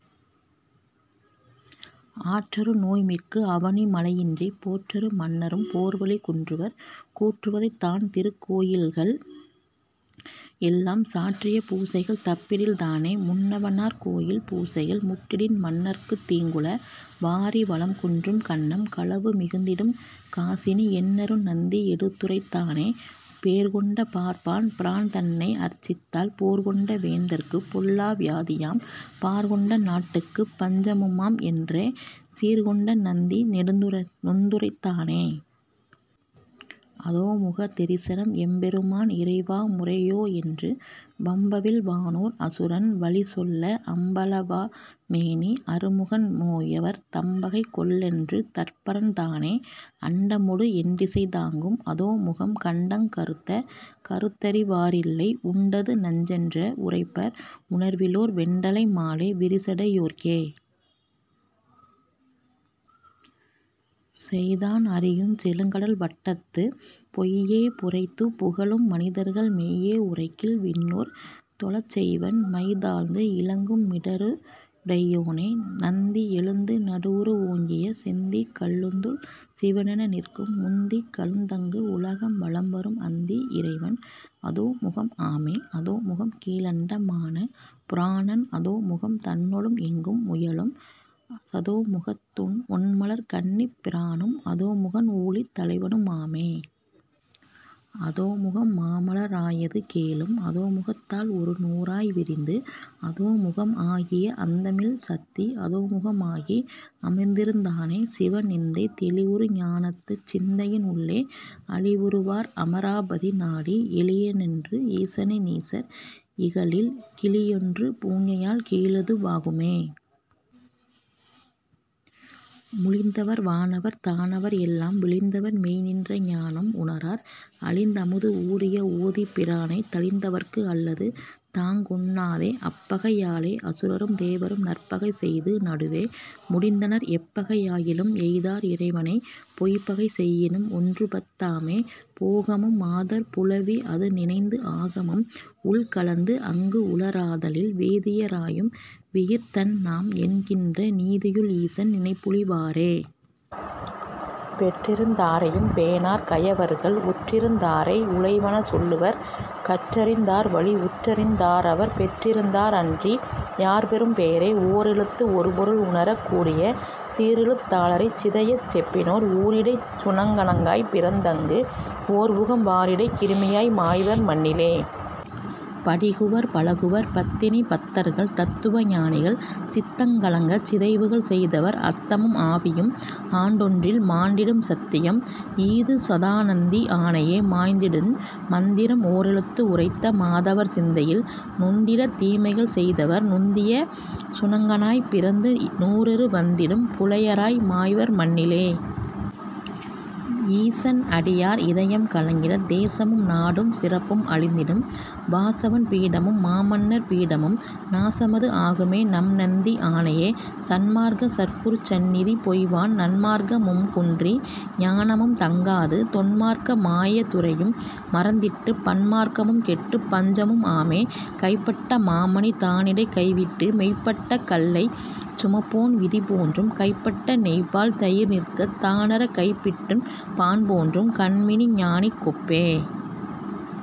ஆற்றரு நோய்மிக்கு அவனி மழையின்றிப் போற்றரு மன்னரும் போர்வலி குன்றுவர் கூற்றுதைத் தான்திருக் கோயில்கள் எல்லாம் சாற்றிய பூசைகள் தப்பிடில் தானே. முன்னவ னார்கோயில் பூசைகள் முட்டிடின் மன்னர்க்குத் தீங்குள.. வாரி வளம்குன்றும் கன்னம் களவு மிகுத்திடும் காசினி என்னரு நந்தி எடுத்துரைத் தானே. பேர்கொண்ட பார்ப்பான் பிரான்தன்னை அர்ச்சித்தால் போர்கொண்ட வேந்தர்க்குப் பொல்லா வியாதியாம் பார்கொண்ட நாட்டுக்குப் பஞ்சமு மாம்என்றே சீர்க்கொண்ட நந்தி தொந்துரைத் தானே... அதோமுக தெரிசனம் எம்பெரு மான்இறை வாமுறை யோஎன்று வம்பவிழ் வானோர் அசுரன் வலிசொல்ல அம்பளவா மேனி அறுமுகன் போயவர் தம்பகை கொல்லென்ற தற்பரன் தானே. அண்டமொடு எண்டிசை தாங்கும் அதோமுகம் கண்டங் கறுத்த கருத்தறி வாரில்லை உண்டது நஞ்சென்று உரைப்பர் உணர்விலோர் வெண்டலை மாலை விரிசடை யோற்கே. செய்தான் அறியுஞ் செழுங்கடல் வட்டத்துப் பொய்யே புரைத்துப் புகழும் மனிதர்கள் மெய்யே உரைக்கில் விண்ணோர் தொழச்செய்வன் மைதாழ்ந்து இலங்கும் மிடறுடை யோனே. நந்தி எழுந்து நடுவுற ஓங்கிய செந்தீக் கலலுந்து சிவனென நிற்கும் முந்திக் கலந்தங்கு உலகம் வலம்வரும் அந்தி இறைவன் அதோமுகம் ஆமே. அதோமுகம் கீழண்ட மான புராணன் அதோமுகம் தன்னொடும் எங்கும் முயலும் சதோமுகத் து ஒண்மலர்க் கண்ணிப் பிரானும் அதோமுகன் ஊழித் தலைவனு மாமே. அதோமுகம் மாமல ராயது கேளும் அதோமுகத் தால் ஒரு நூறாய் விரிந்து அதோமுகம் ஆகிய அந்தமில் சத்தி அதோமுகம் ஆகி அமர்ந்திருந் தானே... சிவ நிந்தை... தெளிவுறு ஞானத்துச் சிந்தையின் உள்ளே அளிவுறு வார்அம ராபதி நாடி எளியனென்று ஈசனை நீசர் இகழில் கிளியொன்று பூஞையால் கீழது வாகுமே. முளிந்தவர் வானவர் தானவர் எல்லாம் விளிந்தவர் மெய்ந்நின்ற ஞானம் உணரார் அளிந்தமுது ஊறிய வூதிப் பிரானைத் தளிந்தவர்ககு அல்லது தாங்கஒண் ணாதே. அப்பகை யாலே அசுரரும் தேவரும் நற்பகை செய்து நடுவே முடிந்தனர் எப்பகை யாகிலும் எய்தார் இறைவனைப் பொய்ப்பகை செய்யினும் ஒன்றுபத் தாமே. போகமும் மாதர் புலவி அதுநினைந்து ஆகமும் உள்கலந்து அங்குஉள ராதலில் வேதிய ராயும் விகிர்தன்நாம் என்கின்ற நீதியுள் ஈசன் நினைப்பொழி வாரே. பெற்றிருந் தாரையும் பேணார் கயவர்கள் உற்றிருந் தாரை உளைவன சொல்லுவர் கற்றிருந் தார்வழி உற்றிருந் தாரவர் பெற்றிருந் தார்அன்றி யார்பெறும் பேறே. ஓரெழுத்து ஒருபொருள் உணரக் கூறிய சீரெழுத் தாளரைச் சிதையச் செப்பினோர் ஊரிடைச் சுணங்கனாய்ப் பிறந்தங் கு ஓர்உகம்.. வாரிடைக் கிருமியாய்.. மாய்வர் மண்ணிலே.. படிகுவர், பழகுவர். பத்தினி பத்தர்கள் தத்துவ ஞானிகள் சித்தங் கலங்கச் சிதைவுகள் செய்தவர் அத்தமும் ஆவியும் ஆண்டொன்றில்.. மாண்டிடும் சத்தியம்.. ஈது சதாநந்தி ஆணையே.. மாய்ந்திடுஞ். மந்திரம் ஓரெழுத்து உரைத்த மாதவர் சிந்தையில் நொந்திடத் தீமைகள் செய்தவர் நுந்திய சுணங்கனாய்ப் பிறந்து நூறுரு வந்திடும் புலையராய் மாய்வர் மண்ணிலே. ஈசன் அடியார் இதயம் கலங்கிடத் தேசமும் நாடும் சிறப்பும் அழிந்திடும் வாசவன் பீடமும் மாமன்னர் பீடமும் நாசமது ஆகுமே நம்நந்தி ஆணையே. சன்மார்க்க சற்குருச் சந்நிதி பொய்வான் நன்மார்க்க மும்குன்றி ஞானமும் தங்காது தொன்மார்க்க மாய துறையும் மறந்திட்டுப் பன்மார்க்க மும்கெட்டுப் பஞ்சமும் ஆமே. கைப்பட்ட மாமணி தானிடை கைவிட்டு மெய்ப்பட்ட கல்லைச் சுமப்போன் விதிபோன்றும் கைப்பட்ட நெய்பால் தயிர்நிற்கத் தானறக் கைப்பிட்டுண் பான்போன்றுங் கன்மிஞானிக் கொப்பே...